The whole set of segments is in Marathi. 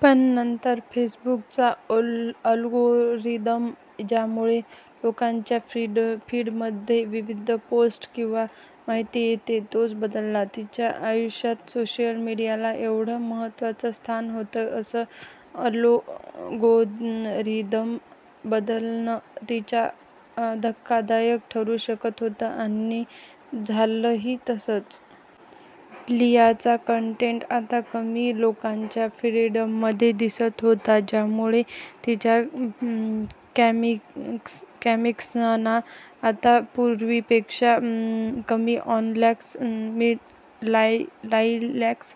पण नंतर फेसबुकचा अल्गोरिदम, ज्यामुळे लोकांच्या फीडमध्ये विविध पोस्ट किंवा माहिती येते, तोच बदलला. तिच्या आयुष्यात सोशल मीडियाला एवढं महत्त्वाचं स्थान होतं की असं अल्गोरिदम बदलणं तिच्या धक्कादायक ठरू शकत होतं. आणि झालंही तसंच. लियाचा कन्टेन्ट आता कमी लोकांच्या फीडमध्ये दिसत होता. त्यामुळे तिच्या कॉमिक्सना आता पूर्वीपेक्षा कमी 'लाईक्स'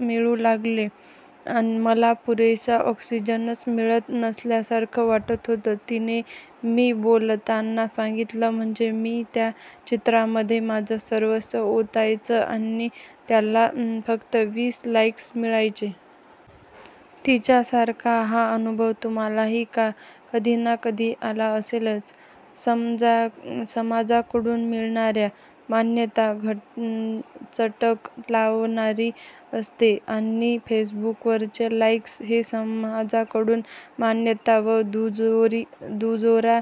मिळू लागले. मला पुरेसा ऑक्सिजनच मिळत नसल्यासारखं वाटत होतं तिने. शी बोलताना सांगितलं. म्हणजे, मी त्या चित्रामध्ये माझं सर्वस्व ओतायचे आणि त्याला फक्त वीस लाईक्स मिळायचे. तिच्यासारखा हा अनुभव तुम्हालाही कधी ना कधी आला असेलच. समाजाकडून मिळणारी मान्यता चटक लावणारी असते. आणि फेसबुकवरचे 'लाईक्स' हे समाजाकडून मान्यता वा दुजोरा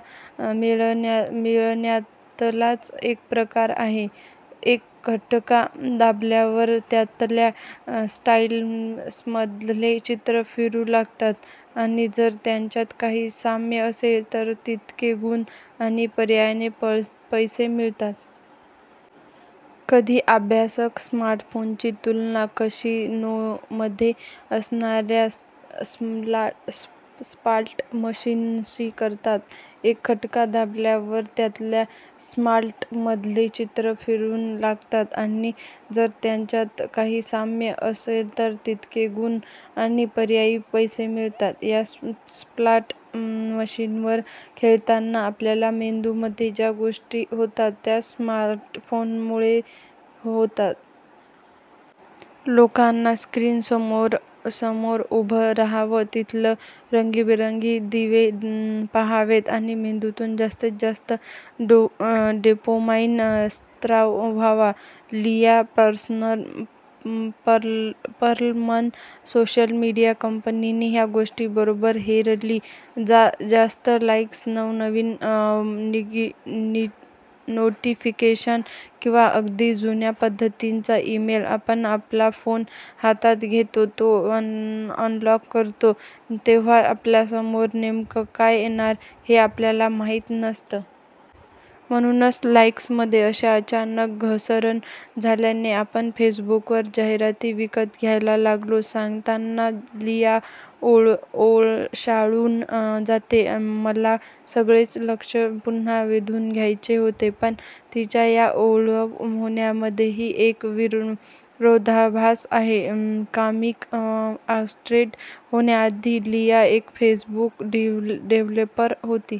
मिळण्यातलाच एक प्रकार आहे. एक खटका दाबल्यावर त्यातल्या स्लॉट्समधले चित्रं फिरू लागतात आणि जर त्यांच्यात काही साम्य असलं की तितके गुण आणि पर्यायाने पैसे मिळतात. काही अभ्यासक स्मार्टफोन्सची तुलना कसीनोमध्ये असणाऱ्या स्लॉट मशीन्सशी करतात. एक खटका दाबल्यावर त्यातल्या स्लॉट्समधले चित्रं फिरू लागतात आणि जर त्यांच्यात काही साम्य असलं की तितके गुण आणि पर्यायाने पैसे मिळतात. या स्लॉट मशीनवर खेळताना आपल्या मेंदूमध्ये ज्या गोष्टी होतात त्याच स्मार्टफोनमुळे होतात. लोकांनी या स्क्रीन्ससमोर उभं रहावं, तिथले रंगीबेरंगी दिवे पाहावेत आणि मेंदूतून जास्तीत जास्त डोपामाईन स्त्राव व्हावा. लिया पर्लमन सोशल मीडिया कंपन्यांनी ही गोष्ट बरोबर हेरली. जास्त लाईक्स, नवनवीन नोटिफिकेशन्स किंवा अगदी जुन्या पद्धतीचा ईमेल आपण आपला फोन हातात घेत तो अनलॉक करतो तेव्हा आपल्यासमोर नेमकं काय येणार, हे आपल्याला माहीत नसतं. म्हणूनच लाईक्समध्ये अशी अचानक घसरण झाल्याने आपण फेसबुकवर जाहिराती विकत घ्यायला लागल्याचं सांगताना लिया ओशाळून जाते. मला सगळ्यांचं लक्ष पुन्हा वेधून घ्यायचं होतं. पण तिच्या या ओशाळं होण्यामध्येही एक विरोधाभास आहे. कॉमिक आर्टिस्ट होण्याआधी लिया एक फेसबुक डेव्हलपर होती.